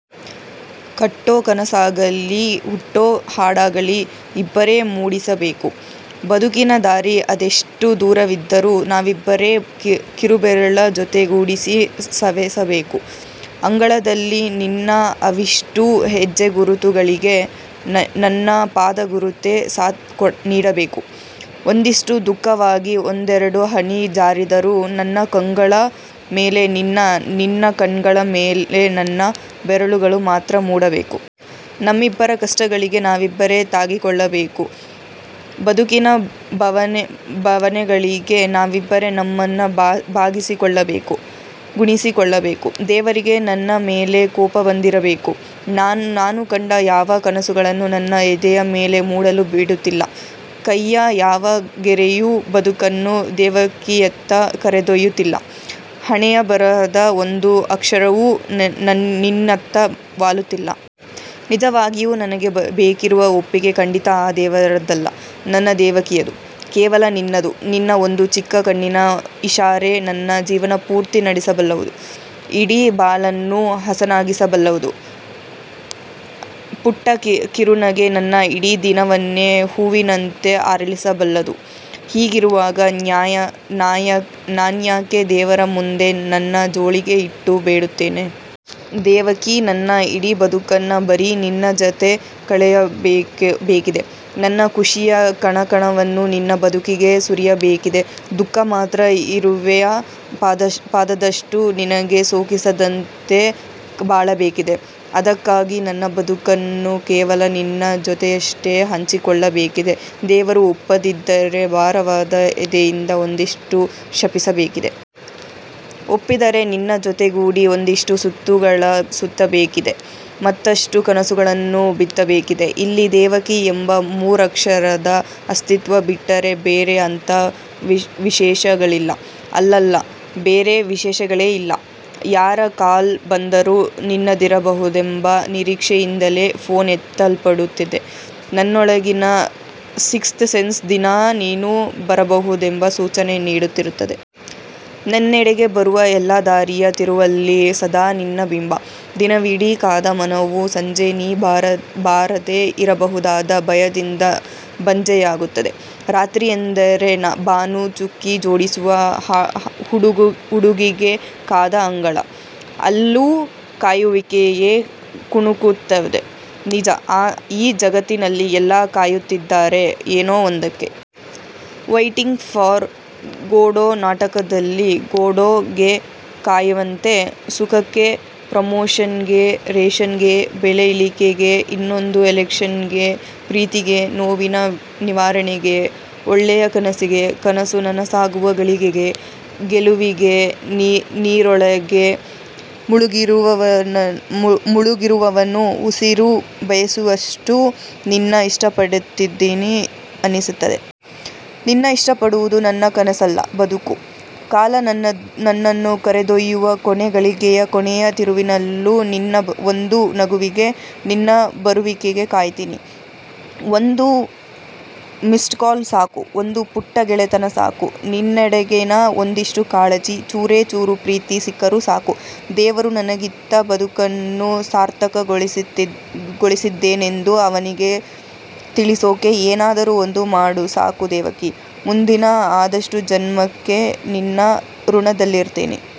ಕಟ್ಟೋ ಕನಸಾಗಲಿ ಹುಟ್ಟೋ ಹಾಡಾಗಲಿ ಇಬ್ಬರೇ ಮೂಡಿಸಬೇಕು. ಬದುಕಿನ ದಾರಿ ಅದೆಷ್ಟು ದೂರವಿದ್ದರೂ ನಾವಿಬ್ಬರೇ ಕಿರುಬೆರಳ ಜೊತೆಗೂಡಿಸಿ ಸವೆಸಬೇಕು. ಅಂಗಳದಲಿ ನಿನ್ನ ಅವಿಷ್ಟೂ ಹೆಜ್ಜೆಗುರುತುಗಳಿಗೆ ನನ್ನ ಪಾದಗುರುತೇ ಸಾಥ್ ನೀಡಬೇಕು. ಒಂದಿಷ್ಟು ದುಃಖವಾಗಿ ಒಂದೆರಡು ಹನಿ ಜಾರಿದರೂ ನನ್ನ ಕಂಗಳ ಮೇಲೆ ನಿನ್ನ, ನಿನ್ನ ಕಂಗಳ ಮೇಲೆ ನನ್ನ ಬೆರಳುಗಳು ಮಾತ್ರ ಮೂಡಬೇಕು. ನಮ್ಮಿಬ್ಬರ ಕಷ್ಟಗಳಿಗೆ ನಾವಿಬ್ಬರೇ ತಾಗಿಕೊಳ್ಳಬೇಕು. ಬದುಕಿನ ಬವಣೆಗಳಿಗೆ ನಾವಿಬ್ಬರೆ ನಮ್ಮನ್ನ ಭಾಗಿಸಿಕೊಳ್ಳಬೇಕು; ಗುಣಿಸಿಕೊಳ್ಳಬೇಕು. ದೇವರಿಗೆ ನನ್ನ ಮೇಲೆ ಕೋಪ ಬಂದಿರಬೇಕು. ನಾನು ಕಂಡ ಯಾವ ಕನಸುಗಳನ್ನು ನನ್ನ ಎದೆಯ ಮೇಲೆ ಮೂಡಲು ಬಿಡುತ್ತಿಲ್ಲ. ಕೈಯ್ಯ ಯಾವ ಗೆರೆಯೂ ಬದುಕನ್ನು ದೇವಕಿಯತ್ತ ಕರೆದೊಯ್ಯುತ್ತಿಲ್ಲ. ಹಣೆಯಬರಹದ ಒಂದು ಅಕ್ಷರವೂ ನಿನ್ನತ್ತ ವಾಲುತ್ತಿಲ್ಲ. ನಿಜವಾಗಿಯೂ ನನಗೆ ಬೇಕಿರುವ ಒಪ್ಪಿಗೆ ಖಂಡಿತಾ ಆ ದೇವರದ್ದಲ್ಲ. ನನ್ನ ದೇವಕಿಯದು. ಕೇವಲ ನಿನ್ನದು. ನಿನ್ನ ಒಂದು ಚಿಕ್ಕ ಕಣ್ಣಿನ ಇಷಾರೆ ನನ್ನ ಜೀವನಪೂರ್ತಿ ನಡೆಸಬಲ್ಲುದು, ಇಡೀ ಬಾಳನ್ನು ಹಸನಾಗಿಸಬಲ್ಲದು. ಪುಟ್ಟ ಕಿರುನಗೆ ನನ್ನ ಇಡೀ ದಿನವನ್ನು ಹೂವಿನಂತೆ ಅರಳಿಸಬಲ್ಲುದು. ಹೀಗಿರುವಾಗ ನಾನ್ಯಾಕೆ ದೇವರ ಮುಂದೆ ನನ್ನ ಜೋಳಿಗೆ ಇಟ್ಟು ಬೇಡುತ್ತಿದ್ದೇನೆ? ದೇವಕೀ, ನನ್ನ ಇಡೀ ಬದುಕನ್ನು ಬರೀ ನಿನ್ನ ಜತೆ ಕಳೆಯಬೇಕಿದೆ. ನನ್ನ ಖುಷಿಯ ಕಣಕಣವನ್ನೂ ನಿನ್ನ ಬದುಕಿಗೆ ಸುರಿಯಬೇಕಿದೆ, ದುಃಖ ಮಾತ್ರ ಇರುವೆಯ ಪಾದದಷ್ಟೂ ನಿನಗೆ ಸೋಕಿಸದಂತೆ ಬಾಳಬೇಕಿದೆ. ಅದಕ್ಕಾಗಿ ನನ್ನ ಬದುಕನ್ನು ಕೇವಲ ನಿನ್ನ ಜತೆಯಷ್ಟೇ ಹಂಚಿಕೊಳ್ಳಬೇಕಿದೆ. ದೇವರು ಒಪ್ಪದಿದ್ದರೇ ಭಾರವಾದ ಎದೆಯಿಂದ ಒಂದಿಷ್ಟು ಶಪಿಸಬೇಕಿದೆ. ಒಪ್ಪಿದರೆ ನಿನ್ನ ಜೊತೆಗೂಡಿ ಒಂದಿಷ್ಟು ಸುತ್ತುಗಳ ಸುತ್ತಬೇಕಿದೆ. ಮತ್ತಷ್ಟು ಕನಸುಗಳನ್ನು ಬಿತ್ತಬೇಕಿದೆ. ಇಲ್ಲಿ ದೇವಕಿ ಎಂಬ ಮೂರಕ್ಷರದ ಅಸ್ತಿತ್ವ ಬಿಟ್ಟರೆ ಬೇರೆ ಅಂಥಾ ವಿಶೇಷಗಳಿಲ್ಲ. ಅಲ್ಲಲ್ಲ, ಬೇರೆ ವಿಶೇಷಗಳೇ ಇಲ್ಲ. ಯಾರ ಕಾಲ್ ಬಂದರೂ ನಿನ್ನದಿರಬಹುದೆಂಬ ನಿರೀಕ್ಷೆಯಿಂದಲೇ ಫೋನ್ ಎತ್ತಲ್ಪಡುತ್ತದೆ. ನನ್ನೊಳಗಿನ ಸಿಕ್ತ್ ಸೆನ್ಸ್ ದಿನಾ ನೀನು ಬರಬಹುದೆಂಬ ಸೂಚನೆ ನೀಡುತ್ತಿರುತ್ತದೆ. ನನ್ನೆಡೆಗೆ ಬರುವ ಎಲ್ಲಾ ದಾರಿಯ ತಿರುವಲ್ಲಿ ಸದಾ ನಿನ್ನ ಬಿಂಬ. ದಿನವಿಡೀ ಕಾದ ಮನವು ಸಂಜೆ ನೀ ಬಾರದೇ ಇರಬಹುದಾದ ಭಯದಿಂದ ಬಂಜೆಯಾಗುತ್ತದೆ. ರಾತ್ರಿಯೆಂದರೆ ಬಾನು ಚುಕ್ಕಿ ಜೋಡಿಸುವ ಹುಡುಗಿಗೆ ಕಾದ ಅಂಗಳ. ಅಲ್ಲೂ ಕಾಯುವಿಕೆಯೇ ಕಣ್ಕುಕ್ಕುತ್ತದೆ. ನಿಜ, ಈ ಜಗತ್ತಿನಲ್ಲಿ ಎಲ್ಲಾ ಕಾಯುತ್ತಿದ್ದಾರೆ, ಏನೋ ಒಂದಕ್ಕೆ. ವೈಟಿಂಗ್ ಫಾರ್ ಗೋಡೋ ನಾಟಕದಲ್ಲಿ ಗೋಡೋ ಗೆ ಕಾಯ್ವಂತೆ. ಸುಖಕ್ಕೆ, ಪ್ರಮೋಶನ್ ಗೆ, ರೇಶನ್ ಗೆ, ಬೆಲೆ ಇಳಿಕೆಗೆ, ಇನ್ನೊಂದು ಇಲೆಕ್ಷನ್ ಗೆ, ಪ್ರೀತಿಗೆ, ನೋವಿನ ನಿವಾರಣೆಗೆ, ಒಳ್ಳೆಯ ಕನಸಿಗೆ, ಕನಸು ನನಸಾಗುವ ಘಳಿಗೆಗೆ, ಗೆಲುವಿಗೆ.. ನೀರೊಳಗೆ ಮುಳುಗಿರುವವನು ಉಸಿರು ಬಯಸುವಷ್ಟು ನಿನ್ನ ಇಷ್ಟಪಡ್ತಿದೀನಿ ಅನ್ನಿಸ್ತಿದೆ. ನಿನ್ನ ಇಷ್ಟಪಡುವುದು ನನ್ನ ಕನಸು ಅಲ್ಲ, ಬದುಕು. ಕಾಲ ನನ್ನನು ಕರೆದೊಯ್ಯುವ ಕೊನೆ ಘಳಿಗೆಯ ಕೊನೆಯ ತಿರುವಿನಲ್ಲೂ ನಿನ್ನ ಒಂದು ನಗುವಿಗೆ, ನಿನ್ನ ಬರುವಿಕೆಗೆ ಕಾಯ್ತೀನಿ. ಒಂದು ಮಿಸ್ಡ್ ಕಾಲ್ ಸಾಕು. ಒಂದು ಪುಟ್ಟ ಗೆಳೆತನ ಸಾಕು. ನನ್ನೆಡೆಗಿನ ಒಂದಿಷ್ಟು ಕಾಳಜಿ, ಚೂರೇ ಚೂರು ಪ್ರೀತಿ ಸಿಕ್ಕರೂ ಸಾಕು, ದೇವರು ನನಗಿತ್ತ ಬದುಕನ್ನು ಸಾರ್ಥಕಗೊಳಿಸಿದ್ದೇನೆಂದು ಅವನಿಗೆ ತಿಳಿಸೋಕೆ ಏನಾದರೂ ಒಂದು ಮಾಡು ಸಾಕು ದೇವಕಿ. ಮುಂದಿನ ಅದಷ್ಟೂ ಜನ್ಮಕ್ಕೆ ನಿನ್ನ ಋಣದಲ್ಲಿರ್ತೀನಿ.